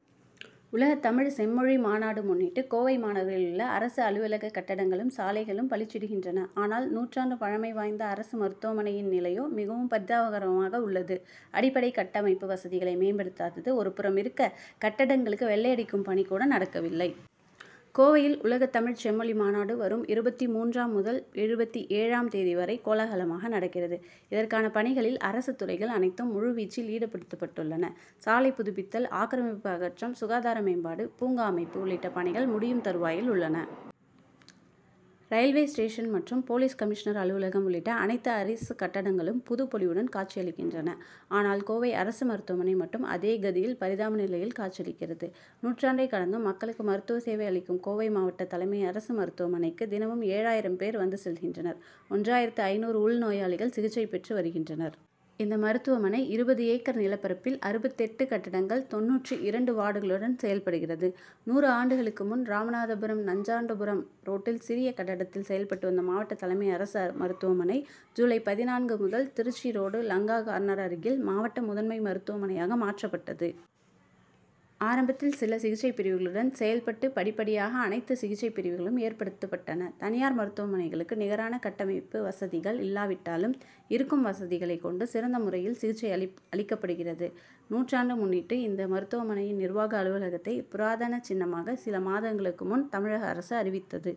! உலகத்தமிழ் செம்மொழி மாநாடு முன்னிட்டு கோவை மாநகரிலுள்ள அரசு அலுவலக கட்டடங்களும், சாலைகளும் பளிச்சிடுகின்றன. ஆனால், நூற்றாண்டு பழமை வாய்ந்த அரசு மருத்துவமனையின் நிலையோ மிகவும் பரிதாபகரமாக உள்ளது. அடிப்படை கட்டமைப்பு வசதிகளை மேம்படுத்தாதது ஒருபுறம் இருக்க, கட்டடங்களுக்கு வெள்ளையடிக்கும் பணி கூட நடக்கவில்லை. கோவையில், உலகத்தமிழ்ச் செம்மொழி மாநாடு வரும் இருபத்து மூன்று முதல் இருபத்தேழாம் தேதி வரை கோலாகலமாக நடக்கிறது. இதற்கான பணிகளில் அரசுத் துறைகள் அனைத்தும் முழுவீச்சில் ஈடுபடுத்தப்பட்டுள்ளன. சாலை புதுப்பித்தல், ஆக்கிரமிப்பு அகற்றம், சுகாதார மேம்பாடு, பூங்கா அமைப்பு உள்ளிட்ட பணிகள் முடியும் தருவாயில் உள்ளன. ரயில்வே ஸ்டேஷன் மற்றும் போலீஸ் கமிஷனர் அலுவலகம் உள்ளிட்ட அனைத்து அரசு கட்டடங்களும் புது பொலிவுடன் காட்சியளிக்கின்றன. ஆனால், கோவை அரசு மருத்துவமனை மட்டும் அதோ கதி'யில் பரிதாப நிலையில் காட்சியளிக்கிறது. நூற்றாண்டை கடந்தும் மக்களுக்கு மருத்துவ சேவை அளிக்கும் கோவை மாவட்ட தலைமை அரசு மருத்துவமனைக்கு தினமும் ஏழாயிரம் பேர் வந்து செல்கின்றனர் ஒன்றாயிரத்து ஐந்நூறு உள்நோயாளிகள் சிகிச்சை பெறுகின்றனர். இந்த மருத்துவமனை இருபது ஏக்கர் நிலப்பரப்பில் அறுபத்தெட்டு கட்டடங்கள், தொண்ணூற்று இரண்டு வார்டுகளுடன் செயல்படுகிறது. நூறு ஆண்டுகளுக்கு முன், ராமநாதபுரம் நஞ்சுண்டாபுரம் ரோட்டில் சிறிய கட்டடத்தில் செயல்பட்டு வந்த மாவட்ட தலைமை அரசு மருத்துவமனை, ஜூலை பதினான்கு முதல் திருச்சி ரோடு, லங்கா கார்னர் அருகில் மாவட்ட முதன்மை மருத்துவமனையாக மாற்றப்பட்டது. ஆரம்பத்தில் சில சிகிச்சைப்பிரிவுகளுடன் செயல்பட்டு படிப்படியாக அனைத்து சிகிச்சைப்பிரிவுகளும் ஏற்படுத்தப்பட்டன. தனியார் மருத்துவமனைகளுக்கு நிகரான கட்டமைப்பு வசதிகள் இல்லாவிட்டாலும், இருக்கும் வசதிகளை கொண்டு சிறந்த முறையில் சிகிச்சை அளிக்கப்படுகிறது. நூற்றாண்டு முன்னிட்டு, இந்த மருத்துவமனையின் நிர்வாக அலுவலகத்தை புராதன சின்னமாக சில மாதங்களுக்கு முன் தமிழக அரசு அறிவித்தது.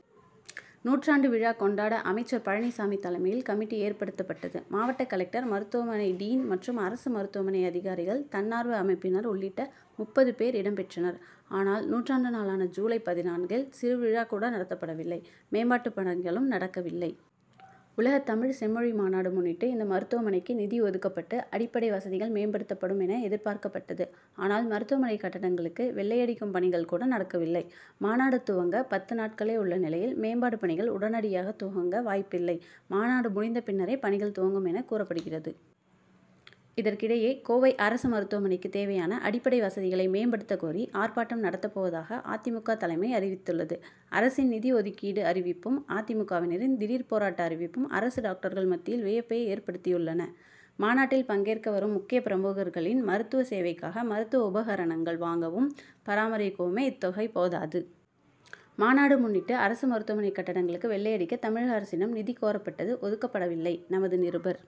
நூற்றாண்டு விழா கொண் டாட அமைச்சர் பழனிசாமி தலைமையில் கமிட்டி ஏற்படுத்தப்பட்டது. மாவட்ட கலெக்டர், மருத்துவமனை டீன்' மற்றும் அரசு மருத்துவமனை அதிகாரிகள், தன்னார்வ அமைப்பினர் உள்ளிட்ட முப்பது பேர் இடம் பெற்றனர். ஆனால், நூற்றாண்டு நாளான ஜூலை பதினான்கு ல் சிறு விழா கூட நடத்தப்படவில்லை மேம்பாட்டு பணிகளும் நடக்கவில்லை. உலகத்தமிழ் செம்மொழி மாநாடு முன்னிட்டு இந்த மருத்துவமனைக்கு நிதி ஒதுக்கப்பட்டு, அடிப்படை வசதிகள் மேம்படுத்தப்படும் என எதிர்பார்க்கப்பட்டது. ஆனால், மருத்துவமனை கட்டடங்களுக்கு வெள் ளையடிக்கும் பணிகள் கூட நடக்கவில்லை. மாநாடு துவங்க பத்து நாட்களே உள்ள நிலையில் மேம்பாடு பணிகள் உடனடியாக துவங்க வாய்ப்பில்லை. மாநாடு முடிந்தபின்னரே பணிகள் துவங்கும் என கூறப்படுகிறது. இதற்கிடையே, கோவை அரசு மருத்துவமனைக்கு தேவையான அடிப்படை வசதிகளை மேம்படுத்தக்கோரி, ஆர்ப்பாட்டம் நடத்தப்போவதாக அ. தி. மு. க., தலைமை அறிவித்துள்ளது. அரசின் நிதி ஒதுக்கீடு அறிவிப்பும், அ. தி. மு. க.,வினரின் திடீர் போராட்ட அறிவிப்பும், அரசு டாக்டர்கள் மத்தியில் வியப்பை ஏற்படுத்தியுள்ளன. மாநாட்டில் பங்கேற்க வரும் முக்கிய பிரமுகர்களின் மருத்துவ சேவைக்காக மருத்துவ உபகரணங்கள் வாங்கவும், பராமரிக்கவுமே இத்தொகை போதாது. மாநாடு முன்னிட்டு அரசு மருத்துவமனை கட்டடங்களுக்கு வெள்ளையடிக்க தமிழக அரசிடம் நிதி கோரப்பட்டது ஒதுக்கப்படவில்லை. நமது நிருபர் -